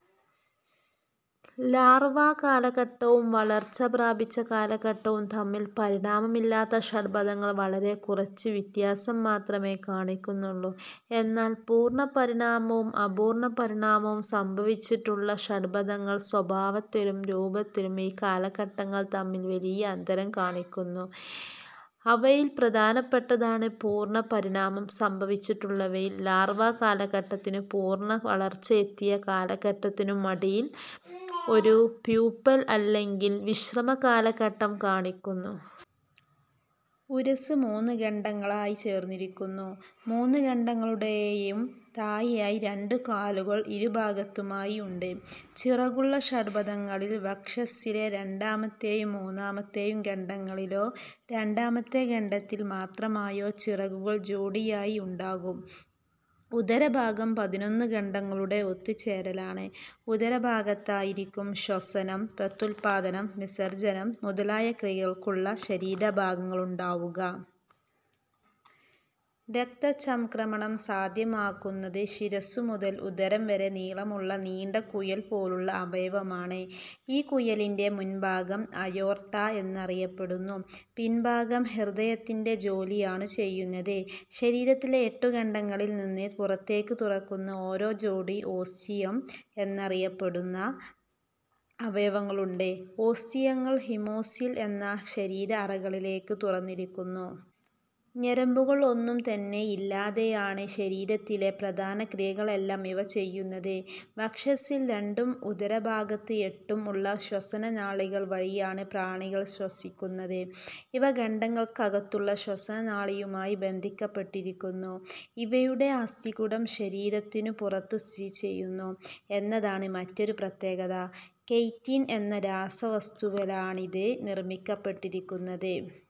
Larva കാലഘട്ടവും വളർച്ച പ്രാപിച്ച കാലഘട്ടവും തമ്മിൽ പരിണാമം ഇല്ലാത്ത ഷഡ്പദങ്ങൾ വളരെ കുറച്ച് വ്ത്യാസം മാത്രമേ കാണിക്കുന്നുള്ളൂ. എന്നാൽ പൂർണ്ണപരിണാമവും അപൂർണ പരിണാമവും സംഭവിച്ചിട്ടുള്ള ഷഡ്പദങ്ങൾ സ്വഭാവത്തിലും രൂപത്തിലും ഈ കാലഘട്ടങ്ങൾ തമ്മിൽ വലിയ അന്തരം കാണിക്കുന്നു. അവയിൽ പ്രധാനപ്പെട്ടതാണ് പൂർണ പരിണാമം സംഭവിച്ചിട്ടുള്ളവയിൽ ലാർവ്വ കാലഘട്ടത്തിനു പൂർണ വളർച്ച എത്തിയ കാലഘട്ടത്തിനുമടിയിൽ ഒരു പ്യൂപ്പൽ അല്ലെങ്കിൽ വിശ്രമ കാലഘട്ടംകാണിക്കുന്നു. ഉരസ്സ് മൂന്നു ഖണ്ഡങ്ങളായി ചേർന്നിരിക്കുന്നു. മൂന്നു ഖണ്ഡങ്ങളുടേയും താഴെയായി രണ്ടുകാലുകൾ ഇരുഭാഗത്തുമായി ഉണ്ട്. ചിറകുള്ള ഷഡ്പദങ്ങളിൽ വക്ഷസ്സിലെ രണ്ടാമത്തെയും മൂന്നാമത്തെയും ഖണ്ഡങ്ങളിലോ, രണ്ടാമത്തെ ഖണ്ഡത്തിൽ മാത്രമായോ, ചിറകുകൾ ജോടിയായി ഉണ്ടാകും. ഉദരഭാഗം പതിനൊന്നു ഖണ്ഡങ്ങളുടെ ഒത്തുചേരലാണ്. ഉദരഭാഗത്തായിരിക്കും ശ്വസനം, പ്രത്യുത്പാദനം, വിസർജ്ജനം മുതലായ ക്രിയകൾക്കുള്ള ശരീരഭാഗങ്ങളുണ്ടാവുക. രക്തചംക്രമണം സാധ്യമാക്കുന്നത് ശിരസ്സുമുതൽ ഉദരം വരെ നീളമുള്ള നീണ്ട കുഴൽ പോലുള്ള അവയവമാണ്. ഈ കുഴലിന്റെ മുൻഭാഗം അയോർട്ട എന്നറിയപ്പെടുന്നു. പിൻഭാഗം ഹൃദയത്തിന്റെ ജോലിയാണു ചെയ്യുന്നത്. ശരീരത്തിലെ എട്ടുഖണ്ഡങ്ങളിൽ നിന്ന് പുറത്തേക്കു തുറക്കുന്ന ഓരോ ജോടി ഓസ്റ്റിയം എന്നറിയപ്പെടുന്ന അവയവങ്ങളുണ്ട്. ഓസ്റ്റിയങ്ങൾ ഹീമോസിൽ എന്ന ശരീര അറകളിലേക്കു തുറന്നിരിക്കുന്നു. ഞരമ്പുകൾ ഒന്നും തന്നെയില്ലാതെയാണ് ശരീരത്തിലെ പ്രധാന ക്രിയകളെല്ലാം ഇവ ചെയ്യുന്നത്. വക്ഷസ്സിൽ രണ്ടും ഉദരഭാഗത്ത് എട്ടും ഉള്ള ശ്വാസനാളികകൾ വഴിയാണ് പ്രാണികൾ ശ്വസിക്കുന്നത്. ഇവ ഖണ്ഡങ്ങൾക്കകത്തുള്ള ശ്വാസനാളിയുമായി ബന്ധിക്കപ്പെട്ടിരിക്കുന്നു. ഇവയുടെ അസ്ഥികൂടം ശരീരത്തിനു പുറത്തു സ്ഥിതിചെയ്യുന്നു എന്നതാണ് മറ്റൊരു പ്രത്യേകത, കൈറ്റിൻ എന്ന രാസവസ്തുവാലാണിത് നിർമ്മിക്കപ്പെട്ടിരിക്കുന്നത്.